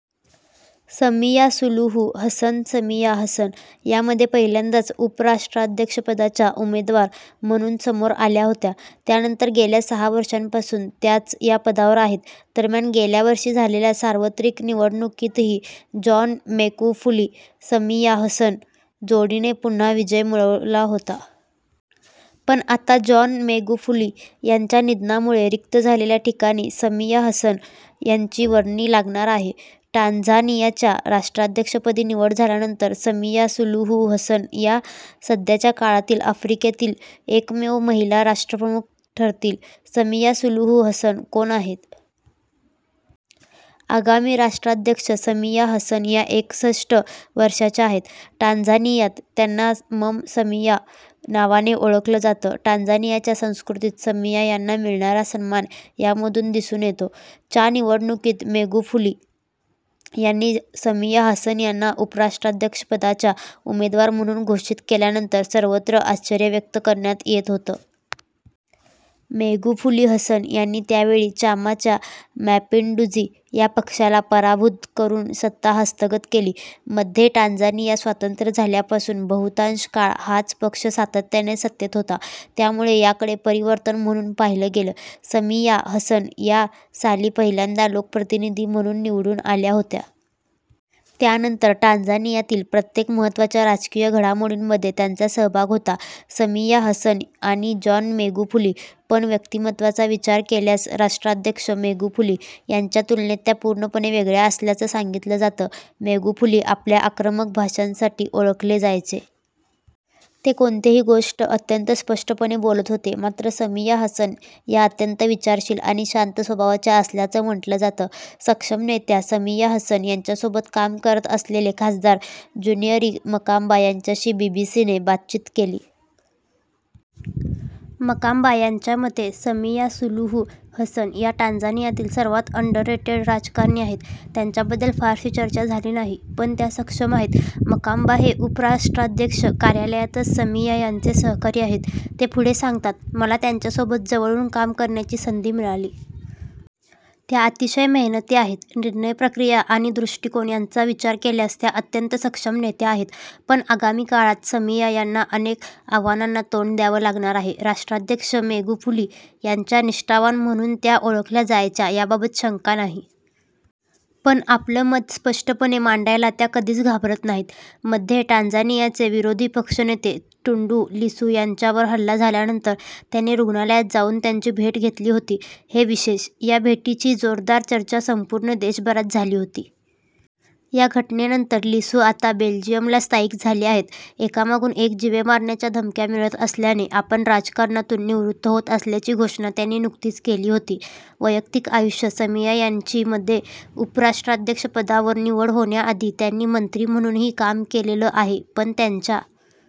Samia Suluhu Hassan Samia Hassan या मध्ये पहिल्यांदाच उपराष्ट्राध्यक्षपदाच्या उमेदवार म्हणून समोर आल्या होत्या. त्यानंतर गेल्या सहा वर्षांपासून त्याच या पदावर आहेत. दरम्यान, गेल्या वर्षी झालेल्या सार्वत्रिक निवडणुकीतही जॉन मेगुफूली-समिया हसन जोडीने पुन्हा विजय मिळवला होता. पण आता जॉन मेगुफूली यांच्या निधनामुळे रिक्त झालेल्या ठिकाणी समिया हसन यांची वर्णी लागणार आहे. टांझानियाच्या राष्ट्राध्यक्षपदी निवड झाल्यानंतर समिया सुलूहू हसन या सध्याच्या काळातील आफ्रिकेतील एकमेव महिला राष्ट्रप्रमुख ठरतील. समिया सुलूहू हसन कोण आहेत? आगामी राष्ट्राध्यक्ष समिया हसन या एकसष्ठ वर्षांच्या आहेत. टांझानियात त्यांना ममा समिया नावाने ओळखलं जातं. टांझानियाच्या संस्कृतीत समिया यांना मिळणारा सन्मान यामधून दिसून येतो. च्या निवडणुकीत मेगुफूली यांनी समिया हसन यांना उपराष्ट्राध्यक्षपदाच्या उमेदवार म्हणून घोषित केल्यानंतर सर्वत्र आश्चर्य व्यक्त करण्यात येत होतं. मेगुफूली-हसन यांनी त्यावेळी चामा चा मॅपिंडूझी या पक्षाला पराभूत करून सत्ता हस्तगत केली. मध्ये टांझानिया स्वतंत्र झाल्यापासून बहुतांश काळ हाच पक्ष सातत्याने सत्तेत होता, त्यामुळे याकडे परिवर्तन म्हणून पाहिलं गेलं. समिया हसन या साली पहिल्यांदा लोकप्रतिनिधी म्हणून निवडून आल्या होत्या. त्यानंतर टांझानियातील प्रत्येक महत्त्वाच्या राजकीय घडामोडींमध्ये त्यांचा सहभाग होता. समिया हसन आणि जॉन मेगुफूली पण व्यक्तिमत्वाचा विचार केल्यास राष्ट्राध्यक्ष मेगुफूली यांच्या तुलनेत त्या पूर्णपणे वेगळ्या असल्याचं सांगितलं जातं. मेगुफूली आपल्या आक्रमक भाषणांसाठी ओळखले जायचे. ते कोणतीही गोष्ट अत्यंत स्पष्टपणे बोलत होते. मात्र समिया हसन या अत्यंत विचारशील आणि शांत स्वभावाच्या असल्याचं म्हटलं जातं. सक्षम नेत्या समिया हसन यांच्यासोबत काम करत असलेले खासदार जॅन्यूअरी मकांबा यांच्याशी बीबीसीने बातचीत केली. मकांबा यांच्या मते, समिया सुलूहू हसन या टांझानियातील सर्वांत अंडररेटेड राजकारणी आहेत. त्यांच्याबद्दल फारशी चर्चा झाली नाही. पण त्या सक्षम आहेत. मकांबा हे उपराष्ट्राध्यक्ष कार्यालयातच समिया यांचे सहकारी आहेत. ते पुढे सांगतात मला त्यांच्यासोबत जवळून काम करण्याची संधी मिळाली. त्या अतिशय मेहनती आहेत. निर्णय प्रक्रिया आणि दृष्टीकोन यांचा विचार केल्यास त्या अत्यंत सक्षम नेत्या आहेत. पण आगामी काळात समिया यांना अनेक आव्हानांना तोंड द्यावं लागणार आहे. राष्ट्राध्यक्ष मेगुफूली यांच्या निष्ठावान म्हणून त्या ओळखल्या जायच्या याबाबत शंका नाही. पण आपलं मत स्पष्टपणे मांडायला त्या कधीच घाबरत नाहीत. मध्ये टांझानियाचे विरोधी पक्षनेते टुंडू लिसू यांच्यावर हल्ला झाल्यानंतर त्यांनी रुग्णालयात जाऊन त्यांची भेट घेतली होती, हे विशेष. या भेटीची जोरदार चर्चा संपूर्ण देशभरात झाली होती. या घटनेनंतर लिसू आता बेल्जियमला स्थायिक झाले आहेत. एकामागून एक जीवे मारण्याच्या धमक्या मिळत असल्याने आपण राजकारणातून निवृत्त होत असल्याची घोषणा त्यांनी नुकतीच केली होती. वैयक्तिक आयुष्य समिया यांची मध्ये उपराष्ट्राध्यक्षपदावर निवड होण्याआधी त्यांनी मंत्री म्हणूनही काम केलेलं आहे. पण त्यांच्या